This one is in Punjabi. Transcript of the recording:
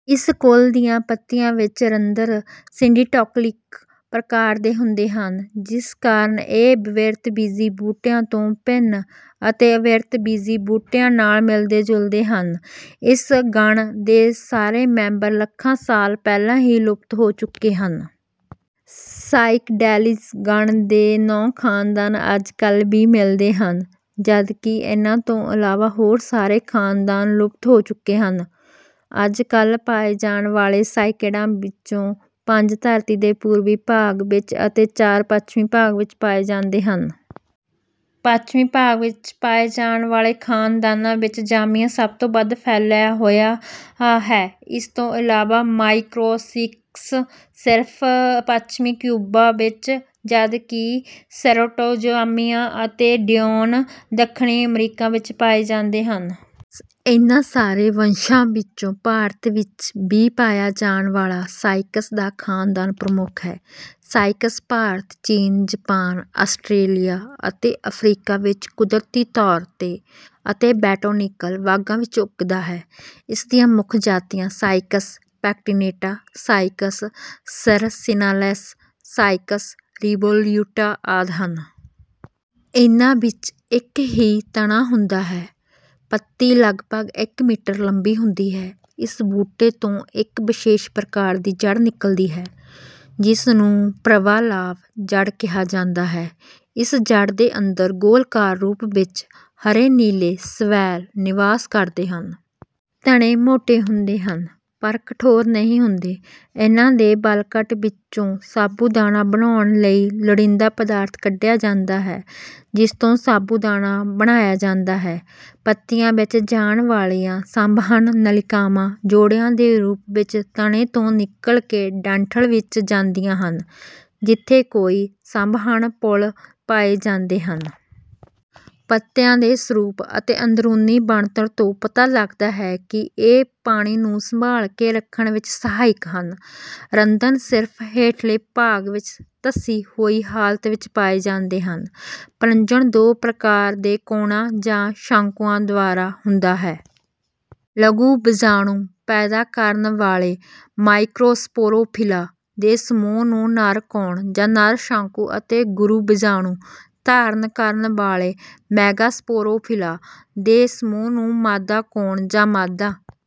ਇਸ ਕੁਲ ਦੀਆਂ ਪੱਤੀਆਂ ਵਿੱਚ ਰੰਧਰ ਸਿੰਡੀਟੋਕੀਲਿਕ ਪ੍ਰਕਾਰ ਦੇ ਹੁੰਦੇ ਹਨ, ਜਿਸ ਕਾਰਨ ਇਹ ਵਿਵ੍ਰਿਤਬੀਜੀ ਬੂਟਿਆਂ ਤੋਂ ਭਿੰਨ ਅਤੇ ਆਵ੍ਰਿਤਬੀਜੀ ਬੂਟਿਆਂ ਨਾਲ ਮਿਲਦੇ-ਜੁਲਦੇ ਹਨ। ਇਸ ਗਣ ਦੇ ਸਾਰੇ ਮੈਂਬਰ ਲੱਖਾਂ ਸਾਲ ਪਹਿਲਾਂ ਹੀ ਲੁਪਤ ਹੋ ਚੁੱਕੇ ਹਨ। ਸਾਇਕਡੇਲੀਜ਼ ਗਣ ਦੇ ਨੌਂ ਖ਼ਾਨਦਾਨ ਅੱਜਕੱਲ੍ਹ ਵੀ ਮਿਲਦੇ ਹਨ, ਜਦਕਿ ਇਨ੍ਹਾਂ ਤੋਂ ਇਲਾਵਾ ਹੋਰ ਸਾਰੇ ਖ਼ਾਨਦਾਨ ਲੁਪਤ ਹੋ ਚੁੱਕੇ ਹਨ। ਅੱਜਕੱਲ੍ਹ ਪਾਏ ਜਾਣ ਵਾਲੇ ਸਾਇਕਡਾਂ ਵਿੱਚੋਂ ਪੰਜ ਧਰਤੀ ਦੇ ਪੂਰਬੀ ਭਾਗ ਵਿੱਚ ਅਤੇ ਚਾਰ ਪੱਛਮੀ ਭਾਗ ਵਿੱਚ ਪਾਏ ਜਾਂਦੇ ਹਨ। ਪੱਛਮੀ ਭਾਗ ਵਿੱਚ ਪਾਏ ਜਾਣ ਵਾਲੇ ਖ਼ਾਨਦਾਨਾਂ ਵਿੱਚ ਜ਼ਾਮੀਆ ਸਭ ਤੋਂ ਵੱਧ ਫੈਲਿਆ ਹੋਇਆ ਹੈ। ਇਸ ਤੋਂ ਇਲਾਵਾ, ਮਾਈਕ੍ਰੋਸਾਇਕਸ ਸਿਰਫ਼ ਪੱਛਮੀ ਕਿਊਬਾ ਵਿੱਚ, ਜਦਕਿ ਸਿਰੈਟੋਜ਼ਾਮੀਆ ਅਤੇ ਡਿਓਨ ਦੱਖਣੀ ਅਮਰੀਕਾ ਵਿੱਚ ਪਾਏ ਜਾਂਦੇ ਹਨ। ਇਨ੍ਹਾਂ ਸਾਰੇ ਵੰਸ਼ਾਂ ਵਿੱਚੋਂ ਭਾਰਤ ਵਿੱਚ ਵੀ ਪਾਇਆ ਜਾਣ ਵਾਲਾ ਸਾਇਕਸ ਦਾ ਖ਼ਾਨਦਾਨ ਪ੍ਰਮੁੱਖ ਹੈ। ਸਾਇਕਸ ਭਾਰਤ, ਚੀਨ, ਜਾਪਾਨ, ਆਸਟ੍ਰੇਲੀਆ ਅਤੇ ਅਫ਼ਰੀਕਾ ਵਿੱਚ ਕੁਦਰਤੀ ਤੌਰ ’ਤੇ ਅਤੇ ਬੋਟੈਨਿਕਲ ਬਾਗਾਂ ਵਿੱਚ ਉੱਗਦਾ ਹੈ। ਇਸ ਦੀਆਂ ਮੁੱਖ ਜਾਤੀਆਂ ਸਾਇਕਸ ਪੈਕਟੀਨੇਟਾ, ਸਾਇਕਸ ਸਰਸਿਨਾਲਿਸ, ਸਾਇਕਸ ਰਿਵੋਲਿਊਟਾ ਆਦਿ ਹਨ। ਇਨ੍ਹਾਂ ਵਿੱਚ ਇੱਕ ਹੀ ਤਣਾ ਹੁੰਦਾ ਹੈ। ਪੱਤੀ ਲਗਭਗ ਇੱਕ ਮੀਟਰ ਲੰਬੀ ਹੁੰਦੀ ਹੈ। ਇਸ ਬੂਟੇ ਤੋਂ ਇੱਕ ਵਿਸ਼ੇਸ਼ ਪ੍ਰਕਾਰ ਦੀ ਜੜ ਨਿਕਲਦੀ ਹੈ, ਜਿਸ ਨੂੰ ਪ੍ਰਵਾਲਾਭ ਜੜ ਕਿਹਾ ਜਾਂਦਾ ਹੈ। ਇਸ ਜੜ ਦੇ ਅੰਦਰ ਗੋਲਾਕਾਰ ਰੂਪ ਵਿੱਚ ਹਰੇ-ਨੀਲੇ ਸ਼ੈਵਾਲ ਨਿਵਾਸ ਕਰਦੇ ਹਨ। ਤਣੇ ਮੋਟੇ ਹੁੰਦੇ ਹਨ, ਪਰ ਕਠੋਰ ਨਹੀਂ ਹੁੰਦੇ। ਇਨ੍ਹਾਂ ਦੇ ਵਲਕਟ ਵਿੱਚੋਂ ਸਾਬੂਦਾਨਾ ਬਣਾਉਣ ਲਈ ਲੋੜੀਂਦਾ ਪਦਾਰਥ ਕੱਢਿਆ ਜਾਂਦਾ ਹੈ, ਜਿਸ ਤੋਂ ਸਾਬੂਦਾਨਾ ਬਣਾਇਆ ਜਾਂਦਾ ਹੈ। ਪੱਤੀਆਂ ਵਿੱਚ ਜਾਣ ਵਾਲੀਆਂ ਸੰਵਹਨ ਨਲਿਕਾਵਾਂ ਜੋੜਿਆਂ ਦੇ ਰੂਪ ਵਿੱਚ ਤਣੇ ਤੋਂ ਨਿਕਲ ਕੇ ਡੰਠਲ ਵਿੱਚ ਜਾਂਦੀਆਂ ਹਨ, ਜਿੱਥੇ ਕਈ ਸੰਵਹਨ ਪੁੱਲ ਪਾਏ ਜਾਂਦੇ ਹਨ। ਪੱਤੀਆਂ ਦੇ ਸਰੂਪ ਅਤੇ ਅੰਦਰੂਨੀ ਬਣਤਰ ਤੋਂ ਪਤਾ ਲੱਗਦਾ ਹੈ ਕਿ ਇਹ ਪਾਣੀ ਨੂੰ ਸੰਭਾਲ ਕੇ ਰੱਖਣ ਵਿੱਚ ਸਹਾਇਕ ਹਨ। ਰੰਧਰ ਸਿਰਫ਼ ਹੇਠਲੇ ਭਾਗ ਵਿੱਚ ਧੱਸੀ ਹੋਈ ਹਾਲਤ ਵਿੱਚ ਪਾਏ ਜਾਂਦੇ ਹਨ। ਪ੍ਰਜਨਨ ਦੋ ਪ੍ਰਕਾਰ ਦੇ ਕੋਣਾਂ ਜਾਂ ਸ਼ੰਕੂਆਂ ਦੁਆਰਾ ਹੁੰਦਾ ਹੈ। ਲਘੂ ਬੀਜਾਣੂ ਪੈਦਾ ਕਰਨ ਵਾਲੇ ਮਾਈਕ੍ਰੋਸਪੋਰੋਫ਼ਿਲਾਂ ਦੇ ਸਮੂਹ ਨੂੰ ਨਰ ਕੋਣ ਜਾਂ ਨਰ ਸ਼ੰਕੂ ਅਤੇ ਗੁਰੂ ਬੀਜਾਣੂ ਧਾਰਨ ਕਰਨ ਵਾਲੇ ਮੈਗਾਸਪੋਰੋਫ਼ਿਲਾਂ ਦੇ ਸਮੂਹ ਨੂੰ ਮਾਦਾ ਕੋਣ ਜਾਂ ਮਾਦਾ